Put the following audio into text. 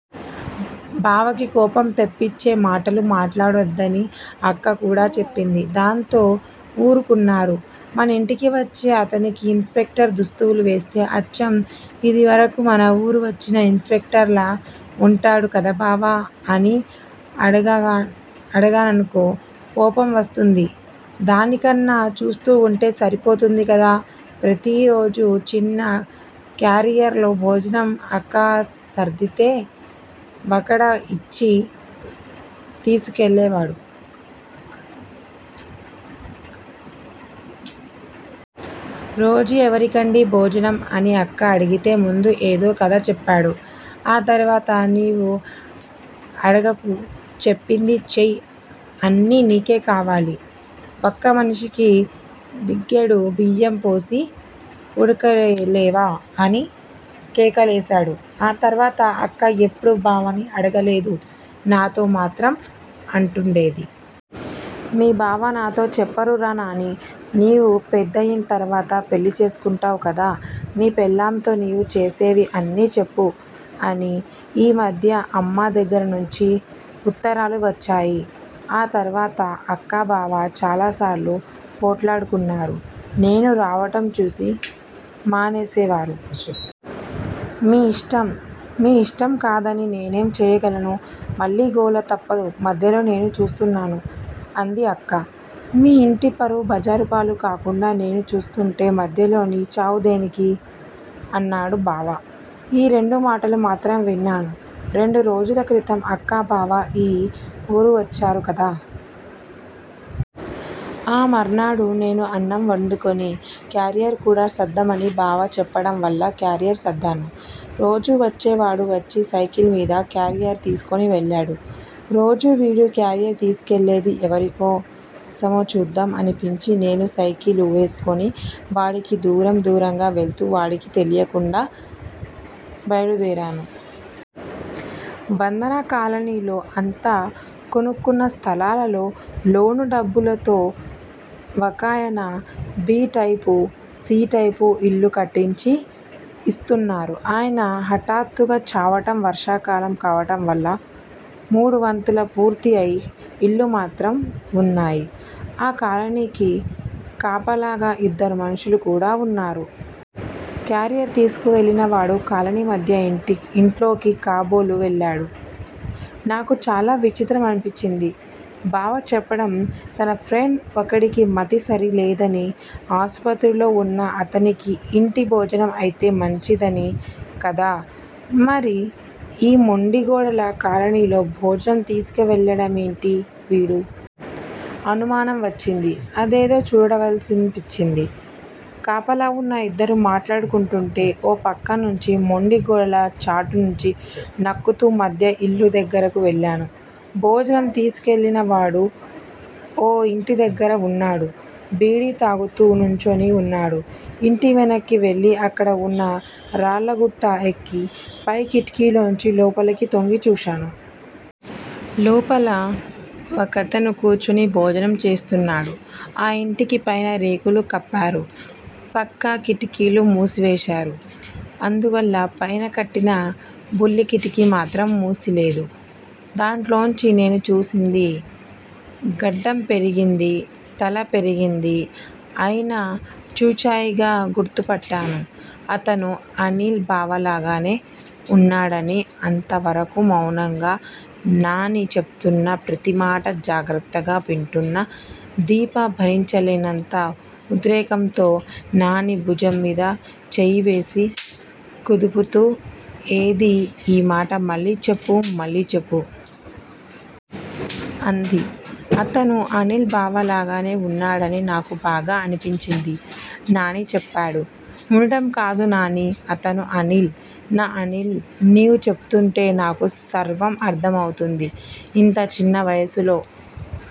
బావకి కోపం తెప్పించేమాటలు మాట్లాడవద్దని అక్క కూడా చెప్పింది. దాంతో వూరుకున్నాను. మనింటికి వచ్చే అతనికి ఇన్ స్పెక్టర్ దుస్తులువేస్తే అచ్చం ఇదివరకు మనవూరు వచ్చిన ఇన్ స్పెక్టర్ లా వుంటాడు కదా బావా! అని అడిగాననుకో కోపం వస్తుంది దానికన్నా చూస్తూవుంటే సరిపోతుందికదా! ప్రతిరోజు చిన్న క్యారియర్ లో భోజనం అక్క సర్దితే వకడు వచ్చి తీసుకెళ్ళేవాడు. రోజూ ఎవరికండీ భోజనం! అని అక్క అడిగితే ముందు ఏదో కధ చెప్పాడు. ఆ తర్వాత నీవు అడగకు చెప్పింది చేయి అన్నీ నీకే కావాలి. వక్క మనిషికి గిద్దెడు బియ్యం పోసి వుడకెయ్యలేవా! అని కేకలేసాడు. ఆ తర్వాత అక్క ఎప్పుడూ బావని అడగలేదు నాతో మాత్రం అంటుండేది. మీ బావ నాతో చెప్పరురా నానీ! నీవు పెద్దయం తరువాత పెళ్ళి చేసుకుంటావు కదా, నీ పెళ్ళాంతో నీవు చేసేవి అన్నీ చెప్పు. అని. ఈ మధ్య అమ్మ దగ్గరనుంచి వుత్తరాలు వచ్చాయి. ఆ తర్వాత అక్క బావ చాలాసార్లు పోట్లాడుకున్నారు. నేను రావటం చూసి మానేసేవారు. మీ యిష్టం. మీ యిష్టంకాదని నేనేం చేయగలను. మళ్లీ గోల తప్పదు మధ్యలో నేను చస్తున్నాను. అంది అక్క. మీ ఇంటి పరువు బజారుపాలు కాకుండా నేను చూస్తుంటే మధ్యలో నీ చావు దేనికి! అన్నాడు బావ. ఈ రెండు మాటలు మాత్రం విన్నాను. రెండురోజుల క్రితం అక్కా బావ ఈ వూరువచ్చారు కదా. ఆ మర్నాడు నేను అన్నం వండుకుని క్యారియర్ కూడా సర్దియిమ్మని బావ చెప్పటంవల్ల క్యారియర్ సర్దాను. రోజూ వచ్చేవాడు వచ్చి సైకిల్ మీద క్యారియరు తీసుకుని వెళ్ళాడు. రోజూ వీడు క్యారియరు తీసుకువెళ్ళేది ఎవరికోసమో చూద్దాం అనిపించి నేను సైకిలు వేసుకుని వాడికి దూరం దూరంగ వెళుతూ వాడికి తెలియకుండా బైలుదేరాను. నందన కాలనీలో అంతా కొనుక్కున్న స్థలాలలో లోను డబ్బుతో వకాయన బి టైపు, సి టైపు ఇల్లు కట్టించి యిస్తున్నాడు. ఆయన హటాత్తుగా చావటం వర్షాకాలం, కావటం వల్ల మూడువంతుల పూర్తి అయిన ఇళ్ళు మాత్రం వున్నాయి. ఆ కాలనీకి కాపలాగా ఇద్దరు మనుషులు కూడా వున్నారు. క్యారియరు తీసుకువెళ్ళినవాడు కాలనీ మధ్య ఇంట్లోకి కాబోలు వెళ్లాడు. నాకు చాలా విచిత్రం అనిపించింది. బావ చెప్పడం తన ఫ్రెండ్ వకడికి మతి సరీగ లేదని ఆస్పత్రిలో వున్న అతనికి ఇంటి భోజనం అయితే మంచిదని కదా! మరి ఈ మొండిగోడల కాలనీలోకి భోజనం తీసుకెళ్ళాడేమిటి వీడు! అనుమానం వచ్చింది. అదేదో చూడాలనిపించింది. కాపలావున్న యిద్దరు మాట్లాడుకుంటుంటే ఓ పక్క నుంచి మొండి గోడల చాటునుంచి నక్కుతూ మధ్య యిళ్ళ దగ్గరకు వెళ్లాను. భోజనం తీసుకెళ్ళినవాడు ఓ యింటిదగ్గర వున్నాడు. బీడీ తాగుతూ నుంచుని వున్నాడు. యింటి వెనక్కి వెళ్ళి అక్కడ వున్న రాళ్ళగుట్ట ఎక్కి పై కిటికీలోంచి లోపలికి తొంగి చూశాను. లోపల వకతను కూర్చుని భోజనం చేస్తున్నాడు. ఆ యింటికి పైన రేకులు కప్పారు. పక్క కిటికీలు మూసేశారు. అందువల్ల పైన కట్టిన బుల్లి కిటికీ మాత్రం మూసిలేదు. దాంట్లోంచే నేను చూసింది. గడ్డం పెరిగింది. తల పెరిగింది అయినా చూచాయిగ గుర్తుపట్టాను. అతను అనిల్ బావలాగానే వున్నాడని అంతవరకూ మౌనంగా నాని చెపుతున్న ప్రతిమాట జాగ్రత్తగ వింటున్న దీప భరించలేనంత ఉద్రేకంతో నాని భుజంమీద చేయివేసి కుదుపుతూ ఏదీ ఈ మాట మళ్ళీ చెప్పు, మళ్ళీ చెప్పు. అంది. అతను అనిల్ బావలాగానే వున్నాడని నాకు బాగా అనిపించింది. నాని చెప్పాడు. ఉండటం కాదు నానీ! అతను అనిల్ నా అనిల్ నీవు చెపుతుంటే నాకు సర్వం అర్ధమవుతున్నది. ఇంత చిన్న వయసులో